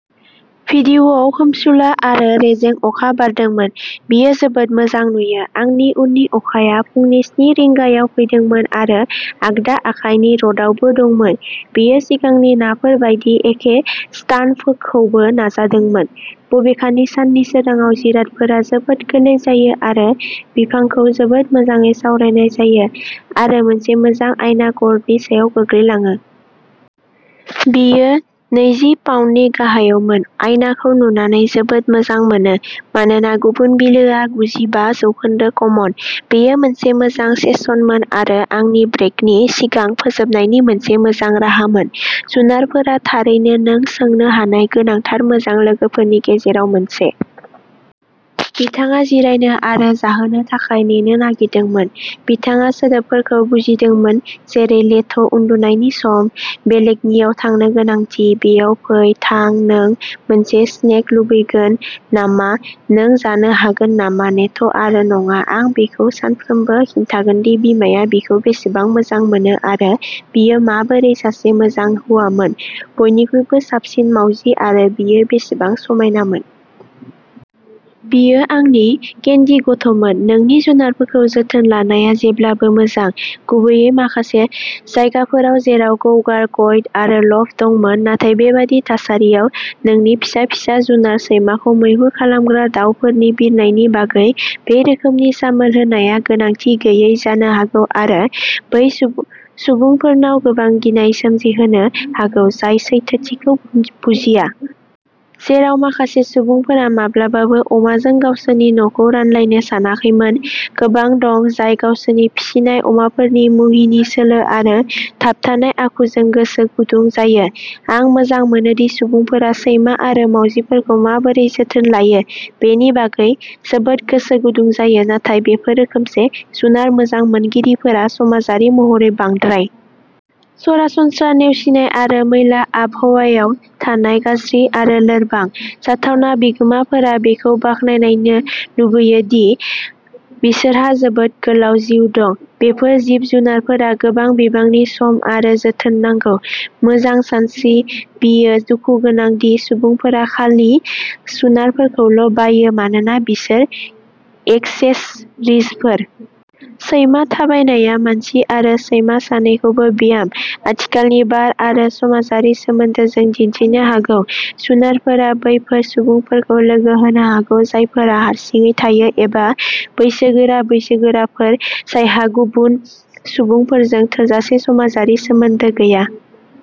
भिडिअ'आव खोमसुला आरो रेजें अखा बारदोंमोन। बेयो जोबोद मोजां नुयो। आंनि उननि अखाया फुंनि स्नि रिंगायाव फैदोंमोन आरो आगदा आखाइनि रडआवबो दंमोन। बेयो सिगांनि नाफोर बायदि एखे स्टान्टखौबो नाजादोंमोन। बबेखानि, साननि सोरांआव जिरादफोरा जोबोद गोरलै जायो आरो बिफांखौ जोबोद मोजाङै सावरायनाय जायो आरो मोनसे मोजां आयना कर्डनि सायाव गोग्लैलाङो। बेयो नैजि पाउन्दनि गाहायावमोन। आयनाखौ नुनानै जोबोद मोजां मोनो, मानोना गुबुन बिलोआ गुजि बा जौखोन्दो कमन। बेयो मोनसे मोजां सेसनमोन आरो आंनि ब्रेकनि सिगां फोजोबनायनि मोनसे मोजां राहामोन। जुनारफोरा थारैनो नों सोंनो हानाय गोनांथार मोजां लोगोफोरनि गेजेराव मोनसे। बिथाङा जिरायनो आरो जाहोनो थाखाय नेनो नागिरदोंमोन, बिथाङा सोदोबफोरखौ बुजिदोंमोन जेरै लेथ', उन्दुनायनि सम, बेलकनिआव थांनो गोनांथि, बेयाव फै, थां, नों मोनसे स्नेक लुबैगोन नामा, नों जानो हागोन नामा, नेथ' आरो नङा। आं बिखौ सानफ्रोमबो खिन्थागोनदि बिमाया बिखौ बेसेबां मोजां मोनो आरो बियो माबोरै सासे मोजां हौवामोन, बयनिख्रुइबो साबसिन मावजि आरो बियो बेसेबां समायनामोन। बियो आंनि केन्डि गथ'मोन। नोंनि जुनारफोरखौ जोथोन लानाया जेब्लाबो मोजां, गुबैयै माखासे जायगाफोराव, जेराव कौगार, कयट आरो ल'फ दंमोन, नाथाय बेबादि थासारियाव नोंनि फिसा फिसा जुनार सैमाखौ मैहुर खालामग्रा दावफोरनि बिरनायनि बागै बे रोखोमनि सामोल होनाया गोनांथि गैयै जानो हागौ आरो बै सुबुंफोरनाव गोबां गिनाय सोमजिहोनो हागौ जाय सैथोथिखौ बुजिया। जेराव माखासे सुबुंफोरा माब्लाबाबो अमाजों गावसोरनि न'खौ रानलायनो सानाखैमोन, गोबां दं जाय गावसोरनि फिसिनाय अमाफोरनि मुहिनि, सोलो आरो थाबथानाय आखुजों गोसो गुदुं जायो। आं मोजां मोनोदि सुबुंफोरा सैमा आरो मावजिफोरखौ माबोरै जोथोन लायो बेनि बागै जोबोद गोसो गुदुं जायो, नाथाय बेफोर रोखोमसे जुनार मोजां मोनगिरिफोरा समाजारि महरै बांद्राय। सरासनस्रा नेवसिनाय आरो मैला आबहावायाव थानाय गाज्रि आरो लोरबां। जाथावना बिगोमाफोरा बेखौ बाखनायनो लुबैयो दि बिसोरहा जोबोद गोलाव जिउ दं, बेफोर जिब जुनारफोरा गोबां बिबांनि सम आरो जोथोन नांगौ। मोजां सानस्रि, बेयो दुखु गोनां दि सुबुंफोरा खालि जुनारफोरखौल' बायो मानोना बिसोर एक्सेसरिजफोर। सैमा थाबायनायआ मानसि आरो सैमा सानैखौबो ब्याम, आथिखालनि बार आरो समाजारि सोमोन्दोजों दिन्थिनो हागौ। जुनारफोरा बैसोर सुबुंफोरखौ लोगो होनो हागौ जायफोरा हारसिङै थायो एबा बैसोगोरा बैसोगोराफोर जायहा गुबुन सुबुंफोरजों थोजासे समाजारि सोमोन्दो गैया।